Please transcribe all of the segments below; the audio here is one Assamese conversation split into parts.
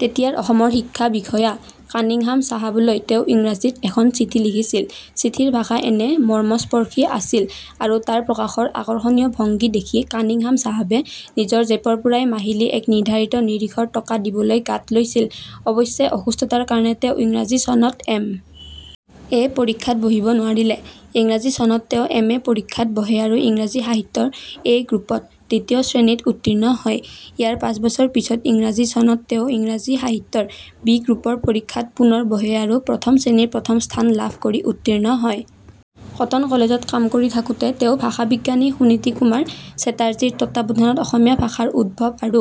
তেতিয়াৰ অসমৰ শিক্ষা বিষয়া কানিংহাম চাহাবলৈ তেওঁ ইংৰাজীত এখন চিঠি লিখিছিল৷ চিঠিৰ ভাষা এনে মৰ্মস্পৰ্শী আছিল আৰু তাৰ প্ৰকাশৰ আকৰ্ষণীয় ভংগী দেখি কানিংহাম চাহাবে নিজৰ জেপৰ পৰাই মাহিলী এক নিৰ্ধাৰিত নিৰিখৰ টকা দিবলৈ গাত লৈছিল৷ অৱশ্যে, অসুস্থতাৰ কাৰণে তেওঁ ইংৰাজী চনত এম. এ. পৰীক্ষাত বহিব নোৱাৰিলে। ইংৰাজী চনত তেওঁ এম. এ. পৰীক্ষাত বহে আৰু ইংৰাজী সাহিত্যৰ 'এ' গ্ৰুপত দ্বিতীয় শ্ৰেণীত উত্তীৰ্ণ হয়। ইয়াৰ পাঁচ বছৰ পিছত ইংৰাজী চনত তেওঁ ইংৰাজী সাহিত্যৰ 'বি' গ্ৰুপৰ পৰীক্ষাত পুনৰ বহে আৰু প্ৰথম শ্ৰেণীৰ প্ৰথম স্থান লাভ কৰি উত্তীৰ্ণ হয়। কটন কলেজত কাম কৰি থাকোঁতে তেওঁ ভাষাবিজ্ঞানী সুনীতিকুমাৰ চেটাৰ্জীৰ তত্ত্বাৱধানত অসমীয়া ভাষাৰ উদ্ভৱ আৰু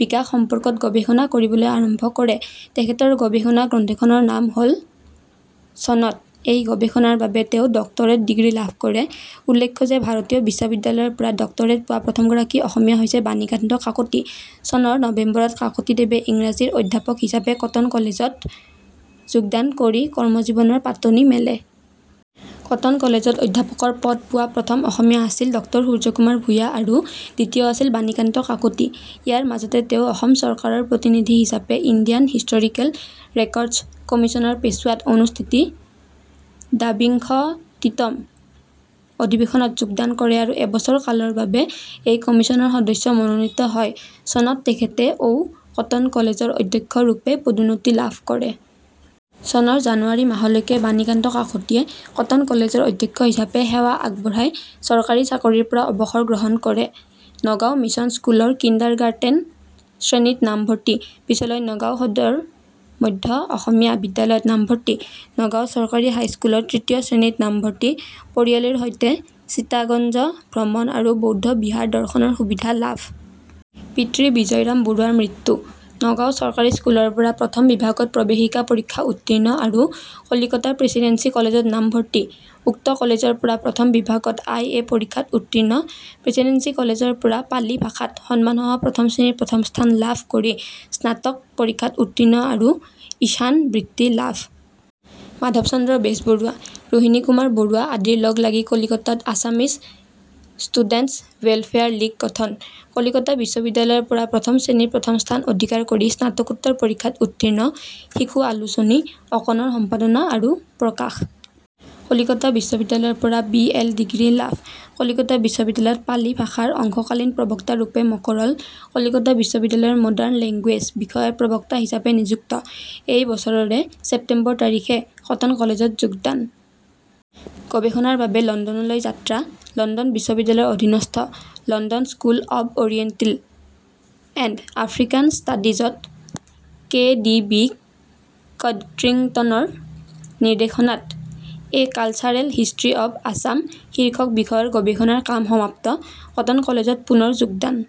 বিকাশ সম্পৰ্কত গৱেষণা কৰিবলৈ আৰম্ভ কৰে৷ তেখেতৰ গৱেষণা গ্ৰন্থখনৰ নাম হ'ল- ':.' চনত এই গৱেষণাৰ বাবে তেওঁ ডক্টৰেট ডিগ্ৰী লাভ কৰে৷ উল্লেখ্য যে ভাৰতীয় বিশ্ববিদ্যালয়ৰপৰা ডক্টৰেট পোৱা প্ৰথমগৰাকী অসমীয়া হৈছে বাণীকান্ত কাকতি৷ চনৰ নবেম্বৰত কাকতিদেৱে ইংৰাজীৰ অধ্যাপক হিচাপে কটন কলেজ ত যোগদান কৰি কৰ্মজীৱনৰ পাতনি মেলে। কটন কলেজত অধ্যাপকৰ পদ পোৱা প্ৰথম অসমীয়া আছিল ড সূৰ্য্যকুমাৰ ভূঞা আৰু দ্বিতীয় আছিল বাণীকান্ত কাকতি৷ ইয়াৰ মাজতে তেওঁ অসম চৰকাৰৰ প্ৰতিনিধি হিচাপে ইণ্ডিয়ান হিষ্টৰিকেল ৰেকৰ্ডছ্ কমিছনৰ পেছোৱাত অনুষ্ঠিত দ্বাবিংশতিতম অধিৱেশনত যোগদান কৰে আৰু এবছৰ কালৰ বাবে এই কমিছনৰ সদস্য মনোনীত হয়৷ চনত তেখেতে ঔ কটন কলেজৰ অধ্যক্ষ ৰূপে পদোন্নতি লাভ কৰে। চনৰ জানুৱাৰী মাহলৈকে বাণীকান্ত কাকতিয়ে কটন কলেজৰ অধ্যক্ষ হিচাপে সেৱা আগবঢ়াই চৰকাৰী চাকৰিৰ পৰা অৱসৰ গ্ৰহণ কৰে।: নগাঁও মিচন স্কুলৰ কিণ্ডাৰগাৰ্টেন শ্ৰেণীত নাম ভৰ্তি, পিচলৈ নগাঁও সদৰ মধ্য অসমীয়া বিদ্যালয়ত নামভৰ্তি: নগাঁও চৰকাৰী হাইস্কুলৰ তৃতীয় শ্ৰেণীত নামভৰ্তি: পৰিয়ালৰ সৈতে চিতাগঞ্জ ভ্ৰমণ আৰু বৌদ্ধ বিহাৰ দৰ্শনৰ সুবিধা লাভ।: পিতৃ বিজয়ৰাম বৰুৱাৰ মৃত্যু।: নগাঁও চৰকাৰী স্কুলৰ পৰা প্ৰথম বিভাগত প্ৰৱেশিকা পৰীক্ষা উৰ্ত্তীণ আৰু কলিকতাৰ প্ৰেচিডেন্সি কলেজত নামভৰ্তি।: উক্ত কলেজৰ পৰা প্ৰথম বিভাগত আই এ পৰীক্ষাত উৰ্ত্তীণ।: প্ৰেচিডেন্সি কলেজৰ পৰা পালি ভাষাত সন্মান সহ প্ৰথম শ্ৰেণীৰ প্ৰথম স্থান লাভ কৰি স্নাতক পৰীক্ষাত উৰ্ত্তীণ আৰু 'ঈশান' বৃত্তি লাভ। মাধৱচন্দ্ৰ বেজবৰুৱা, ৰোহিণীকুমাৰ বৰুৱা আদিৰ লগ লাগি কলিকতাত আছামিজ ষ্টুডেণ্টছ্ ৱেলফেয়াৰ লীগ গঠন।: কলিকতা বিশ্ববিদ্যালয়ৰ পৰা প্ৰথম শ্ৰেণীৰ প্ৰথম স্থান অধিকাৰ কৰি স্নাতকোত্তৰ পৰীক্ষাত উৰ্ত্তীণ।: শিশু আলোচনী 'অকণ'ৰ সম্পাদনা আৰু প্ৰকাশ।: কলিকতা বিশ্ববিদ্যালয়ৰ পৰা বি এল ডিগ্ৰী লাভ।: কলিকতা বিশ্ববিদ্যালয়ত পালি ভাষাৰ অংশকালীন প্ৰবক্তা ৰূপে মকৰল।: কলিকতা বিশ্ববিদ্যালয়ৰ মডাৰ্ণ লেংগুৱেজ বিষয়ৰ প্ৰবক্তা হিচাপে নিযুক্ত। এই বছৰৰে ছেপ্টেম্বৰ তাৰিখে কটন কলেজত যোগদান।: গৱেষণাৰ বাবে লণ্ডনলৈ যাত্ৰা।: লণ্ডন বিশ্ববিদ্যালয়ৰ অধীনস্থ ' London school of oriental and African studies 'ত কে ডি বি কড্ৰিংটনৰ নিৰ্দেশনাত a cultural history of Assam শীৰ্ষক বিষয়ৰ গৱেষণাৰ কাম সমাপ্ত। কটন কলেজত পুনৰ যোগদান।